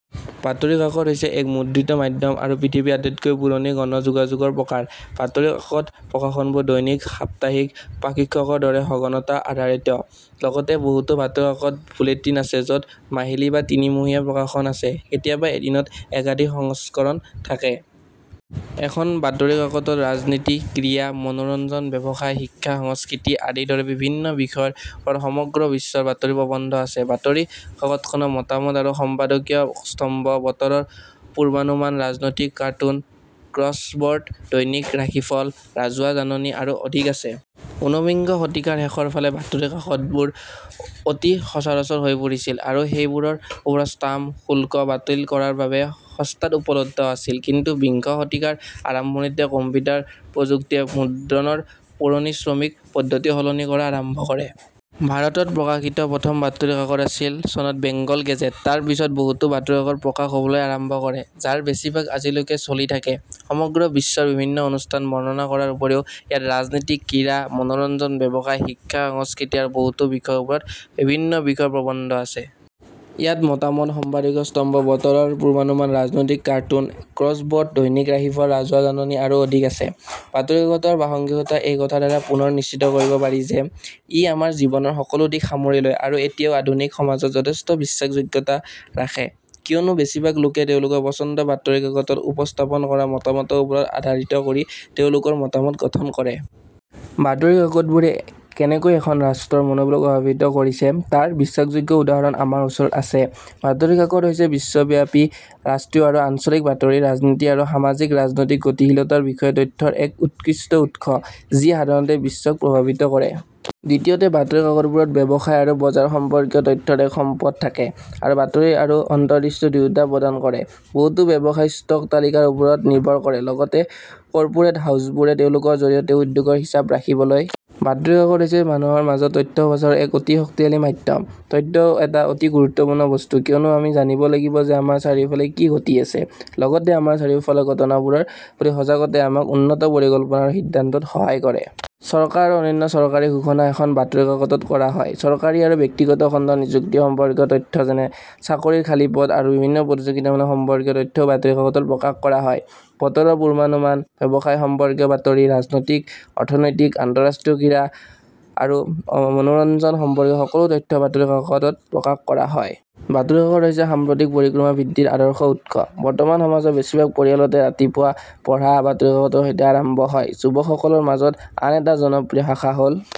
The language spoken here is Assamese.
বাতৰি কাকত হৈছে এক মুদ্ৰিত মাধ্যম আৰু পৃথিৱীৰ আটাইতকৈ পুৰণি গণ যোগাযোগৰ প্ৰকাৰ। বাতৰি কাকতপ্ৰকাশনবোৰ দৈনিক, সাপ্তাহিক, পাক্ষিকৰ দৰে সঘনতা-আধাৰিত। লগতে, বহুতো বাতৰি কাকত বুলেটিন আছে য'ত মাহিলী বা তিনিমহীয়া প্ৰকাশন আছে। কেতিয়াবা এদিনত একাধিক সংস্কৰণ থাকে। এখন বাতৰি কাকতত ৰাজনীতি, ক্ৰীড়া, মনোৰঞ্জন, ব্যৱসায়, শিক্ষা, সংস্কৃতি আদিৰ দৰে বিভিন্ন বিষয়ৰ ওপৰত সমগ্ৰ বিশ্বৰ বাতৰি প্ৰৱন্ধ আছে। বাতৰি কাকতখনত মতামত আৰু সম্পাদকীয় স্তম্ভ, বতৰৰ পূৰ্বানুমান, ৰাজনৈতিক কাৰ্টুন, ক্ৰছৱৰ্ড, দৈনিক ৰাশিফল, ৰাজহুৱা জাননী আৰু অধিক আছে। উনবিংশ শতিকাৰ শেষৰ ফালে, বাতৰি কাকতবোৰ অতি সচৰাচৰ হৈ পৰিছিল আৰু সেইবোৰৰ ওপৰত ষ্টাম্প শুল্ক বাতিল কৰাৰ বাবে সস্তাত উপলব্ধ আছিল। কিন্তু, বিংশ শতিকাৰ আৰম্ভণিতে, কম্পিউটাৰ প্ৰযুক্তিয়ে মুদ্ৰণৰ পুৰণি শ্ৰমিক পদ্ধতিসলনি কৰা আৰম্ভ কৰে। ভাৰতত প্ৰকাশিত প্ৰথম বাতৰি কাকতআছিল চনত বেংগল গেজেট। তাৰ পিছত বহুতো বাতৰি কাকত প্ৰকাশ হ'বলৈ আৰম্ভ কৰে, যাৰ বেছিভাগ আজিলৈকে চলি থাকে। সমগ্ৰ বিশ্বৰ বিভিন্ন অনুষ্ঠান বৰ্ণনা কৰাৰ উপৰিও, ইয়াত ৰাজনীতি, ক্ৰীড়া, মনোৰঞ্জন, ব্যৱসায়, শিক্ষা, সংস্কৃতি আৰু বহুতো বিষয়ৰ ওপৰত বিভিন্ন বিষয়ৰ প্ৰবন্ধ আছে। ইয়াত মতামত, সম্পাদকীয় স্তম্ভ, বতৰৰ পূৰ্বানুমান, ৰাজনৈতিক কাৰ্টুন, ক্ৰছৱৰ্ড, দৈনিক ৰাশিফল, ৰাজহুৱা জাননী আৰু অধিক আছে। বাতৰি কাকতৰ প্ৰাসংগিকতা এই কথাৰ দ্বাৰা পুনৰ নিশ্চিত কৰিব পাৰি যে ই আমাৰ জীৱনৰ সকলো দিশ সামৰি লয় আৰু এতিয়াও আধুনিক সমাজত যথেষ্ট বিশ্বাসযোগ্যতা ৰাখে, কিয়নো বেছিভাগ লোকে তেওঁলোকৰ পচন্দৰ বাতৰি কাকতত উপস্থাপন কৰা মতামতৰ ওপৰত আধাৰিত কৰি তেওঁলোকৰ মতামত গঠন কৰে। বাতৰি কাকতবোৰে কেনেকৈ এখন ৰাষ্ট্ৰৰ মনোবলক প্ৰভাৱিত কৰিছে তাৰ বিশ্বাসযোগ্য উদাহৰণ আমাৰ ওচৰত আছে। বাতৰি কাকত হৈছে বিশ্বব্যাপী, ৰাষ্ট্ৰীয় আৰু আঞ্চলিক বাতৰিৰ ৰাজনীতি আৰু সামাজিক-ৰাজনৈতিক গতিশীলতাৰ বিষয়ে তথ্যৰ এক উৎকৃষ্ট উৎস যি সাধাৰণতে বিশ্বক প্ৰভাৱিত কৰে। দ্বিতীয়তে, বাতৰি কাকতবোৰত ব্যৱসায় আৰু বজাৰ সম্পৰ্কীয় তথ্যৰ এক সম্পদ থাকে আৰু বাতৰি আৰু অন্তৰ্দৃষ্টি দুয়োটা প্ৰদান কৰে, বহুতো ব্যৱসায়ী ষ্টক তালিকাৰ ওপৰত নিৰ্ভৰ কৰে, লগতে কৰ্পোৰেট হাউচবোৰে তেওঁলোকৰ জৰিয়তে উদ্যোগৰ হিচাপ ৰাখিবলৈ। বাতৰি কাকত হৈছে মানুহৰ মাজত তথ্য প্ৰচাৰৰ এক অতি শক্তিশালী মাধ্যম। তথ্য এটা অতি গুৰুত্বপূৰ্ণ বস্তু কিয়নো আমি জানিব লাগিব যে আমাৰ চাৰিওফালে কি ঘটি আছে। লগতে, আমাৰ চাৰিওফালৰ ঘটনাবোৰৰ প্ৰতি সজাগতাই আমাক উন্নত পৰিকল্পনা আৰু সিদ্ধান্তত সহায় কৰে। চৰকাৰ আৰু অন্যান্য চৰকাৰী ঘোষণা এখন বাতৰি কাকতত কৰা হয়। চৰকাৰী আৰু ব্যক্তিগত খণ্ডৰ নিযুক্তি সম্পৰ্কীয় তথ্য যেনে চাকৰিৰ খালী পদ আৰু বিভিন্ন প্ৰতিযোগিতামূলক সম্পৰ্কীয় তথ্যও বাতৰি কাকতত প্ৰকাশ কৰা হয়। বতৰৰ পূৰ্বানুমান, ব্যৱসায় সম্পৰ্কীয় বাতৰি, ৰাজনৈতিক, অৰ্থনৈতিক, আন্তঃৰাষ্ট্ৰীয়, ক্ৰীড়া আৰু মনোৰঞ্জন সম্পৰ্কীয় সকলো তথ্য বাতৰি কাকতত প্ৰকাশ কৰা হয়। বাতৰি কাকত হৈছে সাম্প্ৰতিক পৰিক্ৰমা বৃদ্ধিৰ আদৰ্শ উৎস। বৰ্তমান সমাজৰ বেছিভাগ পৰিয়ালতে, ৰাতিপুৱা পঢ়া বাতৰি কাকতৰ সৈতে আৰম্ভ হয়। যুৱকসকলৰ মাজত আন এটা জনপ্ৰিয় শাখা হ'ল